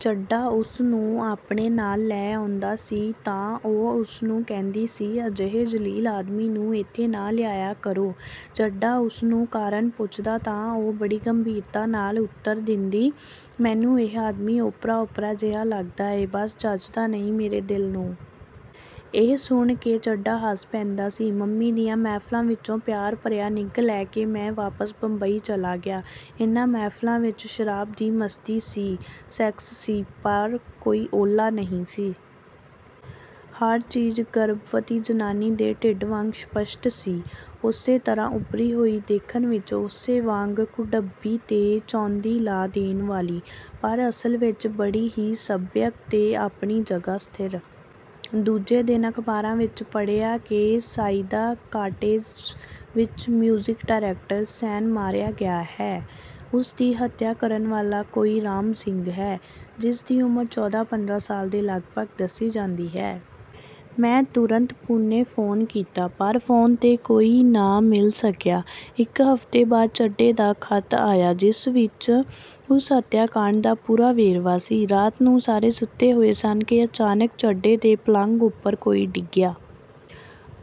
ਚੱਡਾ ਉਸਨੂੰ ਆਪਣੇ ਨਾਲ ਲੈ ਆਉਂਦਾ ਸੀ ਤਾਂ ਉਹ ਉਸਨੂੰ ਕਹਿੰਦੀ ਸੀ, "ਅਜਿਹੇ ਜਲੀਲ ਆਦਮੀ ਨੂੰ ਇੱਥੇ ਨਾ ਲਿਆਇਆ ਕਰੋ। " ਚੱਡਾ ਉਸਨੂੰ ਕਾਰਣ ਪੁੱਛਦਾ ਤਾਂ ਉਹ ਬੜੀ ਗੰਭੀਰਤਾ ਨਾਲ ਉਤਰ ਦਿੰਦੀ, "ਮੈਨੂੰ ਇਹ ਆਦਮੀ ਓਪਰਾ-ਓਪਰਾ ਜਿਹਾ ਲੱਗਦਾ ਹੈ, ਬਸ ਜਚਦਾ ਨਹੀਂ ਮੇਰੇ ਦਿਲ ਨੂੰ। " ਇਹ ਸੁਣ ਕੇ ਚੱਡਾ ਹੱਸ ਪੈਂਦਾ ਸੀ। ਮੰਮੀ ਦੀਆਂ ਮਹਿਫ਼ਿਲਾਂ ਵਿਚੋਂ ਪਿਆਰ ਭਰਿਆ ਨਿੱਘ ਲੈ ਕੇ ਮੈਂ ਵਾਪਸ ਬੰਬਈ ਚਲਾ ਗਿਆ। ਇਹਨਾਂ ਮਹਿਫ਼ਿਲਾਂ ਵਿਚ ਸ਼ਰਾਬ ਦੀ ਮਸਤੀ ਸੀ, ਸੈਕਸ ਸੀ, ਪਰ ਕੋਈ ਓਹਲਾ ਨਹੀਂ ਸੀ। ਹਰ ਚੀਜ਼ ਗਰਭਵਤੀ ਜ਼ਨਾਨੀ ਦੇ ਢਿੱਡ ਵਾਂਗ ਸਪਸ਼ਟ ਸੀ। ਉਸੇ ਤਰ੍ਹਾਂ ਉੱਭਰੀ ਹੋਈ, ਦੇਖਣ ਵਿਚ ਉਸੇ ਵਾਂਗ ਕੁਢੱਬੀ ਤੇ ਚੌਂਧੀ ਲਾ ਦੇਣ ਵਾਲੀ, ਪਰ ਅਸਲ ਵਿਚ ਬੜੀ ਹੀ ਸਭਿਅਕ ਤੇ ਆਪਣੀ ਜਗ੍ਹਾ ਸਥਿਰ। ਦੂਜੇ ਦਿਨ ਅਖ਼ਬਾਰਾਂ ਵਿਚ ਪੜ੍ਹਿਆ ਕਿ ਸਈਦਾ ਕਾਟੇਜ ਵਿਚ ਮਿਊਜ਼ਿਕ ਡਾਇਰੈਕਟਰ ਸੈਨ ਮਾਰਿਆ ਗਿਆ ਹੈ। ਉਸਦੀ ਹੱਤਿਆ ਕਰਨ ਵਾਲਾ ਕੋਈ ਰਾਮ ਸਿੰਘ ਹੈ, ਜਿਸਦੀ ਉਮਰ ਚੌਦਾਂ ਪੰਦਰਾਂ ਸਾਲ ਦੇ ਲਗਭਗ ਦੱਸੀ ਜਾਂਦੀ ਹੈ। ਮੈਂ ਤੁਰੰਤ ਪੂਨੇ ਫ਼ੋਨ ਕੀਤਾ, ਪਰ ਫ਼ੋਨ 'ਤੇ ਕੋਈ ਨਾ ਮਿਲ ਸਕਿਆ। ਇਕ ਹਫ਼ਤੇ ਬਾਅਦ ਚੱਡੇ ਦਾ ਖ਼ਤ ਆਇਆ, ਜਿਸ ਵਿਚ ਉਸ ਹੱਤਿਆ ਕਾਂਢ ਦਾ ਪੂਰਾ ਵੇਰਵਾ ਸੀ। ਰਾਤ ਨੂੰ ਸਾਰੇ ਸੁੱਤੇ ਹੋਏ ਸਨ ਕਿ ਅਚਾਨਕ ਚੱਡੇ ਦੇ ਪਲੰਘ ਉਪਰ ਕੋਈ ਡਿੱਗਿਆ।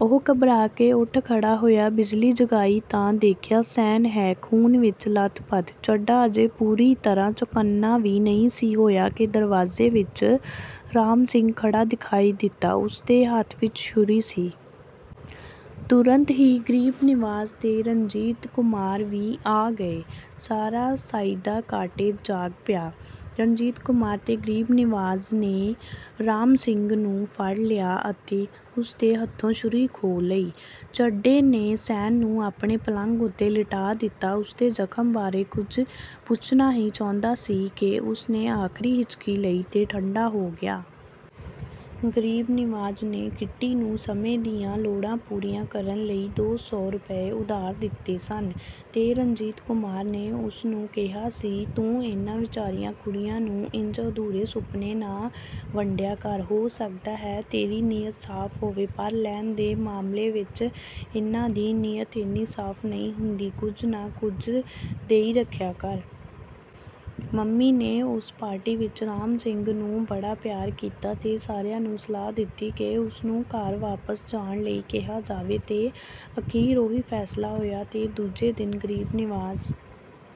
ਉਹ ਘਬਰਾ ਕੇ ਉਠ ਖੜ੍ਹਾ ਹੋਇਆ। ਬਿਜਲੀ ਜਗਾਈ ਤਾਂ ਦੇਖਿਆ, ਸੈਨ ਹੈ, ਖੂਨ ਵਿਚ ਲੱਥਪੱਥ। ਚੱਡਾ ਅਜੇ ਪੂਰੀ ਤਰ੍ਹਾਂ ਚੌਕੰਨਾਂ ਵੀ ਨਹੀਂ ਸੀ ਹੋਇਆ ਕਿ ਦਰਵਾਜ਼ੇ ਵਿਚ ਰਾਮ ਸਿੰਘ ਖੜ੍ਹਾ ਦਿਖਾਈ ਦਿੱਤਾ। ਉਸਦੇ ਹੱਥ ਵਿਚ ਛੁਰੀ ਸੀ। ਤੁਰੰਤ ਹੀ ਗਰੀਬ ਨਿਵਾਜ ਤੇ ਰਣਜੀਤ ਕੁਮਾਰ ਵੀ ਆ ਗਏ। ਸਾਰਾ ਸਈਦਾ ਕਾਟੇਜ ਜਾਗ ਪਿਆ। ਰਣਜੀਤ ਕੁਮਾਰ ਤੇ ਗਰੀਬ ਨਿਵਾਜ ਨੇ ਰਾਮ ਸਿੰਘ ਨੂੰ ਫੜ੍ਹ ਲਿਆ ਤੇ ਉਸਦੇ ਹੱਥੋਂ ਛੁਰੀ ਖੋਹ ਲਈ। ਚੱਡੇ ਨੇ ਸੈਨ ਨੂੰ ਆਪਣੇ ਪਲੰਘ ਉੱਤੇ ਲਿਟਾਅ ਦਿੱਤਾ ਤੇ ਉਸਦੇ ਜ਼ਖ਼ਮ ਬਾਰੇ ਕੁਝ ਪੁੱਛਣਾ ਹੀ ਚਾਹੁੰਦਾ ਸੀ ਕਿ ਉਸਨੇ ਆਖਰੀ ਹਿਚਕੀ ਲਈ ਤੇ ਠੰਡਾ ਹੋ ਗਿਆ। ਗਰੀਬ ਨਿਵਾਜ ਨੇ ਕਿੱਟੀ ਨੂੰ ਸਮੇਂ ਦੀਆਂ ਲੋੜਾਂ ਪੂਰੀਆਂ ਕਰਨ ਲਈ ਦੋ ਸੌ ਰੁਪਏ ਉਧਾਰ ਦਿੱਤੇ ਸਨ ਤੇ ਰਣਜੀਤ ਕੁਮਾਰ ਨੇ ਉਸਨੂੰ ਕਿਹਾ ਸੀ, "ਤੂੰ ਇਹਨਾਂ ਵਿਚਾਰੀਆਂ ਕੁੜੀਆਂ ਨੂੰ ਇੰਜ ਅਧੂਰੇ ਸੁਪਨੇ ਨਾ ਵੰਡਿਆ ਕਰ ਹੋ ਸਕਦਾ ਹੈ ਤੇਰੀ ਨੀਅਤ ਸਾਫ ਹੋਵੇ, ਪਰ ਲੈਣ ਦੇ ਮਾਮਲੇ ਵਿਚ ਇਹਨਾਂ ਦੀ ਨੀਅਤ ਏਨੀ ਸਾਫ ਨਹੀਂ ਹੁੰਦੀ ਕੁਝ ਨਾ ਕੁਝ ਦੇਈ ਰੱਖਿਆ ਕਰ। " ਮੰਮੀ ਨੇ ਉਸ ਪਾਰਟੀ ਵਿਚ ਰਾਮ ਸਿੰਘ ਨੂੰ ਬੜਾ ਪਿਆਰ ਕੀਤਾ ਤੇ ਸਾਰਿਆਂ ਨੂੰ ਸਲਾਹ ਦਿੱਤੀ ਕਿ ਉਸਨੂੰ ਘਰ ਵਾਪਸ ਜਾਣ ਲਈ ਕਿਹਾ ਜਾਵੇ। ਤੇ ਅਖੀਰ ਉਹੀ ਫੈਸਲਾ ਹੋਇਆ ਤੇ ਦੂਜੇ ਦਿਨ ਗਰੀਬ ਨਿਵਾਜ